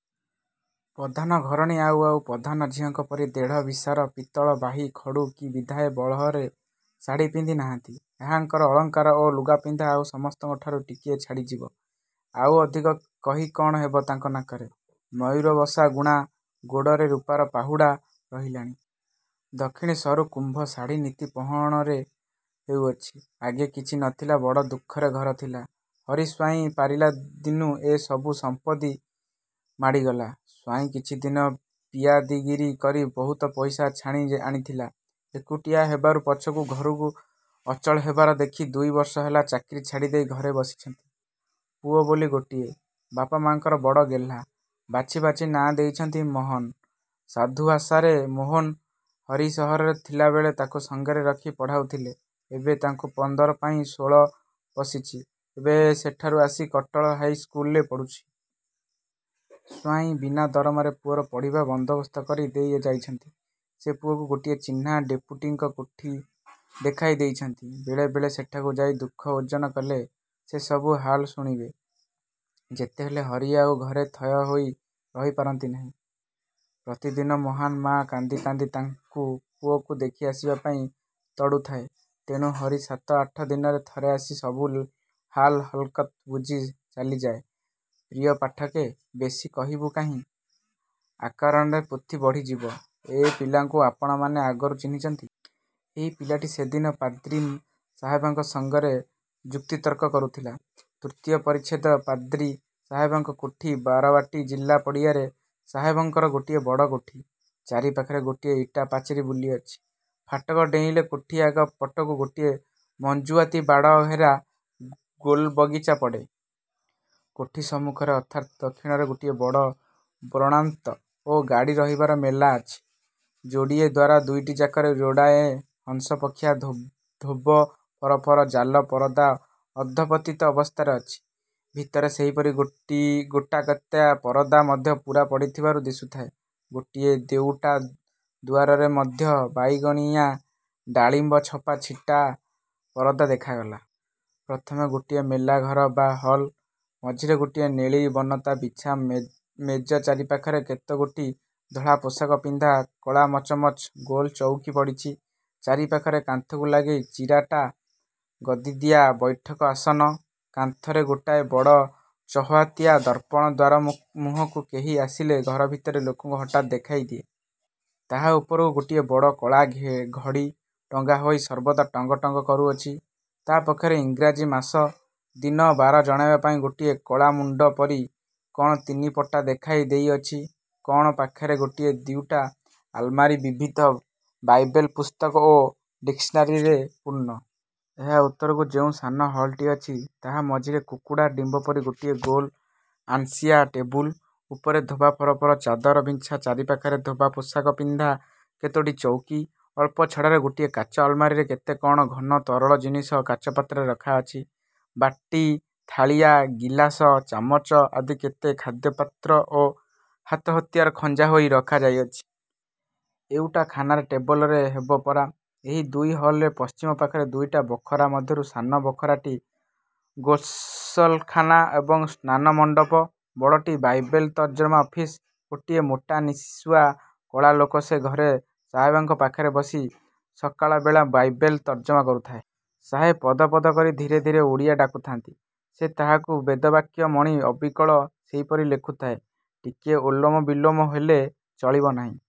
ପଧାନ ଘରଣୀ ଆଉ ଆଉ ପଧାନ ଝିଅଙ୍କ ପରି ଦେଢ଼ ବିଶାର ପିତଳ ବାହି ଖଡୁ କି ବିଧାଏ ବହଳର ଶାଢ଼ୀପିନ୍ଧି ନାହାନ୍ତି। ଏହାଙ୍କର ଅଳଙ୍କାର ଓ ଲୁଗାପିନ୍ଧା ଆଉ ସମସ୍ତଙ୍କଠାରୁ ଟିକିଏ ଛାଡ଼ିଯିବ। ଆଉ ଅଧିକ କହି କଣ ହେବ ତାଙ୍କ ନାକରେ ମୟୂରବସା ଗୁଣା, ଗୋଡ଼ରେ ରୁପାର ପାହୁଡ଼ ରହିଲାଣି। ଦକ୍ଷିଣୀ ସରୁ କୁମ୍ଭ ଶାଢ଼ୀ ନିତି ପହରଣ ହେଉଛି। ଆଗେ କିଛି ନଥିଲା ବଡ଼ ଦୁଃଖର ଘର ଥିଲା। ହରି ସ୍ୱାଇଁ ପାରିଲା ଦିନୁଁ ଏ ସବୁ ସମ୍ପତ୍ତି ମାଡ଼ିଗଲା। ସ୍ୱାଇଁ କିଛିଦିନ ପିଆଦାଗିରି କରି ବହୁତ ପଇସା ଛାଣିଆଣିଥିଲେ। ଏକୁଟିଆ ହେବାରୁ ପଛକୁ ଘର ଅଚଳ ହେବାର ଦେଖି ଦୁଇ ବର୍ଷ ହେଲା ଚାକିରି ଛାଡ଼ିଦେଇ ଘରେ ବସିଛନ୍ତି। ପୁଅ ବୋଲି ଗୋଟିଏ। ବାପ ମା'ଙ୍କର ବଡ଼ ଗେହ୍ଲା ବାଛି ବାଛି ନାଁ ଦେଇଛନ୍ତି 'ମହନ', ସାଧୁଭାଷାରେ ମୋହନ। ହରି ସହରରେ ଥିଲାବେଳେ ତାଙ୍କୁ ସଙ୍ଗରେ ରଖି ପଢ଼ାଉଥିଲେ। ଏବେ ତାଙ୍କୁ ପନ୍ଦର ଯାଇଁ ଷୋଳ ପଶିଛି। ଏବେ ସେଠାରୁ ଆସି କଟକ ହାଇ ସ୍କୁଲରେ ପଢ଼ୁଛି। ସ୍ୱାଇଁ ବିନା ଦରମାରେ ପୁଅର ପଢ଼ିବା ବନ୍ଦୋବସ୍ତ କରି ଦେଇ ଯାଇଛନ୍ତି। ସେ ପୁଅକୁ ଗୋଟିଏ ଚିହ୍ନା ଡେପୁଟୀଙ୍କ କୋଠି ଦେଖାଇ ଦେଇଛନ୍ତି। ବେଳେ ବେଳେ ସେଠାକୁ ଯାଇ ଦୁଃଖ ଓଜର କଲେ, ସେ ସବୁ ହାଲ ଶୁଣିବେ। ଯେତେହେଲେ ହରି ଆଉ ଘରେ ଥୟ ହୋଇ ରହି ପାରନ୍ତି ନାହିଁ। ପ୍ରତିଦିନ ମହନା ମା କାନ୍ଦି କାନ୍ଦି ତାଙ୍କୁ ପୁଅକୁ ଦେଖିଆସିବାପାଇଁ ତଡ଼ୁଥାଏ। ତେଣୁ ହରି ସାତ ଆଠ ଦିନରେ ଥରେ ଆସି ସବୁ ହାଲ ହକିକତ ବୁଝି ଚାଲିଯାଏ। ପ୍ରିୟ ପାଠକେ! ବେଶି କହିବୁଁ ନାହିଁ। ଅକାରଣେ ପୋଥି ବଢ଼ିଯିବ। ଏ ପିଲାକୁ ଆପଣମାନେ ଆଗରୁ ଚିହ୍ନିଛନ୍ତି। ଏହି ପିଲାଟି ସେଦିନ ପାଦ୍ରୀ ସାହେବଙ୍କ ସଙ୍ଗରେ ଯୁକ୍ତିତର୍କ କରୁଥିଲା। ତୃତୀୟ ପରିଚ୍ଛେଦ ପାଦ୍ରି ସାହେବଙ୍କ କୋଠି ବାରବାଟୀ କିଲ୍ଲା ପଡ଼ିଆରେ ସାହେବଙ୍କର ଗୋଟିଏ ବଡ଼ କୋଠି। ଚାରି ପାଖରେ ଗୋଟିଏ ଇଟା ପାଚିରି ବୁଲିଅଛି। ଫାଟକ ଡେଇଁଲେ କୋଠି ଆଗ ପଟକୁ ଗୋଟିଏ ମଞ୍ଜୁଆତି ବାଡ଼ ଘେରା ଗୋଲ ବଗିଚା ପଡ଼େ। କୋଠି ସମ୍ମୁଖରେ ଅର୍ଥାତ୍ ଦକ୍ଷିଣରେ ଗୋଟିଏ ବଡ଼ ବରଣ୍ତା ଓ ଗାଡ଼ୀ ରହିବାର ମେଲା ଅଛି। ଯୋଡ଼ିଏ ଦ୍ୱାର ଦୁଇଟାଯାକରେ ଯୋଡ଼ାଏ ହଂସପକ୍ଷିଆ ଧୋବ ଫରଫର ଜାଲ ପରଦା ଅର୍ଦ୍ଧପତିତ ଅବସ୍ଥାରେ ଅଛି। ଭିତରେ ସେହିପରି ଗୋଟାକେତେ ପରଦା ମଧ୍ୟ ପୂରା ପଡ଼ିଥିବାର ଦିଶୁଥାଏ। ଗୋଟାଏ ଦିଓଟା ଦ୍ୱାରରେ ମଧ୍ୟ ବାଇଗିଣିଆ ଡାଳିମ୍ବ ଛପା ଛିଟ ପରଦା ଦେଖାଗଲା। ପ୍ରଥମେ ଗୋଟିଏ ମେଲା ଘର ବା ହଲ୍। ମଝିରେ ଗୋଟାଏ ନେଳି ବନାତ ବିଛା ମେଜ ଚାରିପାଖରେ କେତେଗୋଟି ଧଳାପୋଷାକ ପିନ୍ଧା କଳାମଚମଚ ଗୋଲ ଚଉକି ପଡ଼ିଛି। ଚାରିପାଖରେ କାନ୍ଥକୁ ଲାଗି ଚାରିଟା ଗଦିଦିଆ ବୈଠକୀ ଆସନ। କାନ୍ଥରେ ଗୋଟାଏ ବଡ଼ ଚୌହାତିଆ ଦର୍ପଣ ଦ୍ୱାରମୁହଁକୁ କେହି ଆସିଲେ ଘର ଭିତରେ ଲୋକକୁ ହଠାତ୍ ଦେଖାଇ ଦିଏ। ତାହା ଉପରକୁ ଗୋଟିଏ ବଡ଼ କଳା ଘଡ଼ି ଟଙ୍ଗା ହୋଇ ସର୍ବଦା ଟଙ୍ଗ୍ ଟଙ୍ଗ୍ କରୁଅଛି। ତା ପାଖରେ ଇଂରାଜୀ ମାସ, ଦିନ, ବାର ଜଣାଇବାପାଇଁ ଗୋଟାଏ କଳା ମୁଣ୍ତ ପରି କଣ ତିନିପଟା ଦେଖାଇ ଦେଇଅଛି! କଣ ପାଖରେ ଗୋଟିଏ ଦିଓଟି ଆଲମାରୀ ବିବିଧ ବାଇବେଲ୍ ପୁସ୍ତକ ଓ ଡିକ୍ସନାରୀରେ ପୂର୍ଣ୍ଣ। ଏହା ଉତ୍ତରକୁ ଯେଉଁ ସାନ ହଲଟି ଅଛି, ତାହା ମଝିରେ କୁକୁଡ଼ା ଡିମ୍ବ ପରି ଗୋଟିଏ ଗୋଲ ଆଁସିଆ ଟେବୁଲ। ଉପରେ ଧୋବ ଫରଫର ଚାଦର ବିଞ୍ଛା ଚାରିପାଖରେ ଧୋବ ପୋଷାକପିନ୍ଧା କେତୋଟି ଚୌକି ଅଳ୍ପ ଛଡ଼ାରେ ଗୋଟିଏ କାଚ ଆଲମାରୀରେ କେତେ କଣ ଘନ ତରଳ ଜିନିଷ କାଚପାତ୍ରରେ ରଖା ଅଛି ବାଟି, ଥାଳିଆ, ଗିଲାସ, ଚାମଚ ଆଦି କେତେ ଖାଦ୍ୟପାତ୍ର ଓ ହାତହତିଆର ଖଞ୍ଜା ହୋଇ ରଖା ଯାଇଅଛି। ଏଉଟା ଖାନାର ଟେବଲ ହେବ ପରା! ଏହି ଦୁଇ ହଲର ପଶ୍ଚିମ ପାଖର ଦୁଇଟା ବଖରା ମଧ୍ୟରୁ ସାନ ବଖରାଟି ଗୋସଲଖାନା ବା ସ୍ନାନମଣ୍ତପ। ବଡ଼ଟି ବାଇବେଲ୍ ତର୍ଜମା ଅଫିସ। ଗୋଟିଏ ମୋଟାନିଶୁଆ କଳା ଲୋକ ସେ ଘରେ ସାହେବଙ୍କ ପାଖରେ ବସି ସକାଳବେଳେ ବାଇବେଲ୍ ତର୍ଜମା କରୁଥାଏ। ସାହେବ ପଦ ପଦ କରି ଧୀରେ ଧୀରେ ଓଡ଼ିଆ ଡାକୁଥାନ୍ତି -ସେ ତାହାକୁ ବେଦବାକ୍ୟ ମଣି ଅବିକଳ ସେହିପରି ଲେଖୁଥାଏ। ଟିକିଏ ଓଲୋମ ବିଲୋମ ହେଲେ ଚଳିବ ନାହିଁ।